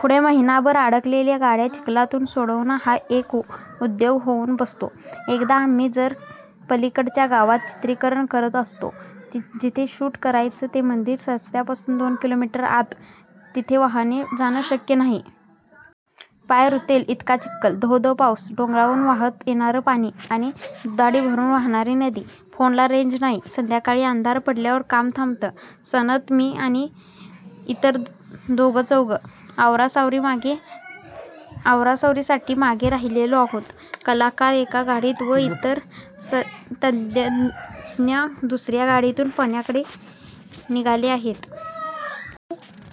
पुढे महिनाभर अडकलेल्या गाड्या चिखलातून सोडवणं हा एक उद्योग होऊन बसतो. एकदा आम्ही जरा पलीकडच्या गावात चित्रीकरण करत असतो. जिथे शूट करायचं ते मंदिर रस्त्यापासून दोन किलोमीटर आत. तिथे वाहन जाणं शक्य नाही. पाय रुतेल इतका चिखल, धो-धो पाऊस. डोंगरावरून वाहत येणारं पाणी आणि दुथडी भरून वाहणारी नदी. फोनला रेंज नाही. संध्याकाळी अंधार पडल्यावर काम थांबतं. सनत, मी आणि इतर दोघंचौघं आवरासावरीसाठी मागे राहिलेलो आहोत. कलाकार एका गाडीत व इतर तंत्रज्ञ दुसर्या गाडीतून पुण्याकडे निघाले आहेत.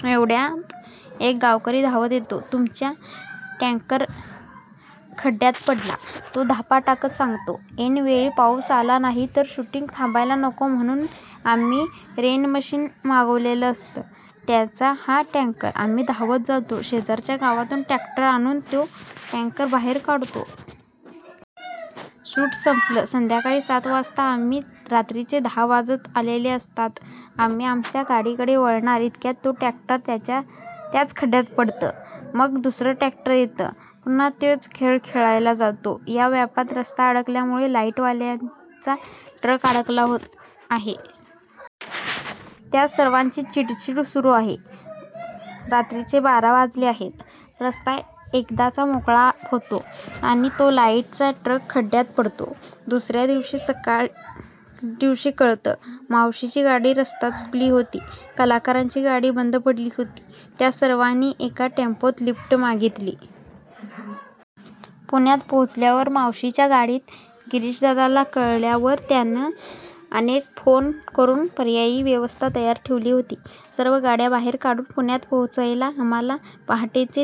एवढ्यात एक गावकरी धावत येतो. 'तुमचा टँकर खड्ड्यात पडला', तो धापा टाकत सांगतो. ऐनवेळी पाऊस आला नाही, तर शूटिंग थांबायला नको, म्हणून आम्ही रेनमशिन मागवलेलं असतं. त्याचा हा टॅंकर. आम्ही धावत जातो. शेजारच्या गावातून ट्रॅक्टर आणून तो टॅंकर बाहेर काढतो. शूट संपलं संध्याकाळी सात वाजता, आता रात्रीचे दहा वाजत आलेले असतात. आम्ही आमच्या गाडीकडे वळणार, इतक्यात ते ट्रॅक्टर त्याच खड्ड्यात पडतं. मग दुसरं ट्रॅक्टर येतं. पुन्हा तोच खेळ खेळला जातो. या व्यापात रस्ता अडल्यामुळे लाईटवाल्यांचा ट्रक अडकला आहे. त्या सर्वांची चीडचीड सुरू आहे. रात्रीचे बारा वाजले आहेत. रस्ता एकदाचा मोकळा होतो आणि तो लाईटचा ट्रक खड्ड्यात पडतो. दुसर्या दिवशी कळतं, मावशींची गाडी रस्ता चुकली होती. कलाकारांची गाडी बंद पडली होती. त्या सर्वांनी एका टेम्पोत लिफ्ट मागितली. पुण्यात पोचल्यावर मावशींच्या गाडीचं गिरीशदादाला कळल्यावर त्यानं अनेक फोन करून पर्यायी व्यवस्था तयार ठेवली होती. सर्व गाड्या बाहेर काढून पुण्यात पोहोचायला आम्हांला पहाटेचे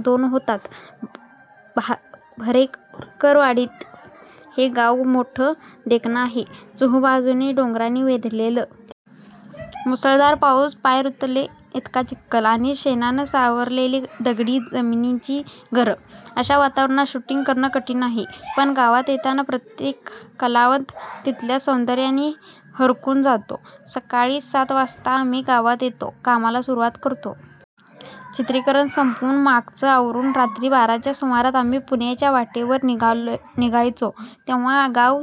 दोन होतात. भरेकरवाडी हे गाव मोठं देखणं आहे. चहुबाजूंनी डोंगरांनी वेढलेलं. मुसळधार पाऊस, पाय रुतेल इतका चिखल आणि शेणानं सारवलेली दगडी जमिनीची घरं. अशा वातावरणात शूटिंग करणं कठीण आहे. पण गावात येणारा प्रत्येक कलावंत तिथल्या सौंदर्यानं हरखून जातो. सकाळी सात वाजता आम्ही गावात येतो, कामाला सुरुवात करतो. चित्रीकरण संपवून, मागचं आवरून रात्री बाराच्या सुमारास आम्ही पुण्याच्या वाटेवर निघायचो तेव्हा गाव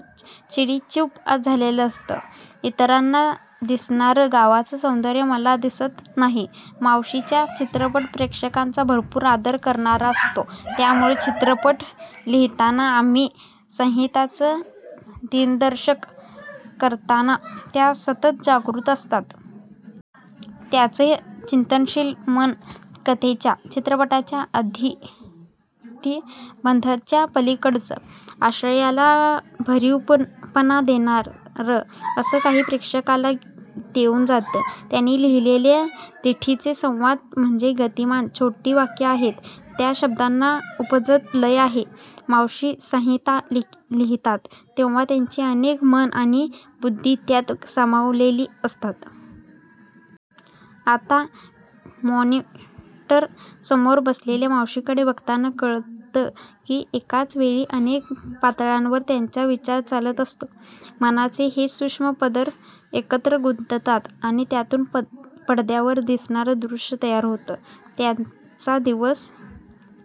चिडीचूप झालेलं असतं. इतरांना दिसणारं गावाचं सौंदर्य मला दिसत नाही. मावशींचा चित्रपट प्रेक्षकाचा भरपूर आदर करणारा असतो. त्यामुळे चित्रपट लिहिताना आणि संहितेचं दिग्दर्शन करताना त्या सतत जागृत असतात. त्यांचं चिंतनशील मन कथेच्या, चित्रपटाच्या आकृतिबंधाच्या पलीकडचं, आशयाला भरीवपणा देणारं असं काही प्रेक्षकाला देऊन जातं. त्यांनी लिहिलेले 'दिठी'चे संवाद म्हणजे गतिमान, छोटी वाक्यं आहेत. त्या शब्दांना उपजत लय आहे. मावशी संहिता लिहितात तेव्हा त्यांची अनेक मनं आणि बुद्धी त्यात सामावली असतात. आता मॉनिटरसमोर बसलेल्या मावशींकडे बघताना कळतं की एकाच वेळी अनेक पातळ्यांवर त्यांचा विचार चालत असतो. मनाचे हे सूक्ष्म पदर एकत्र गुंततात आणि त्यातून पडद्यावर दिसणारं दृश्य तयार होतं. त्यांचा दिवस--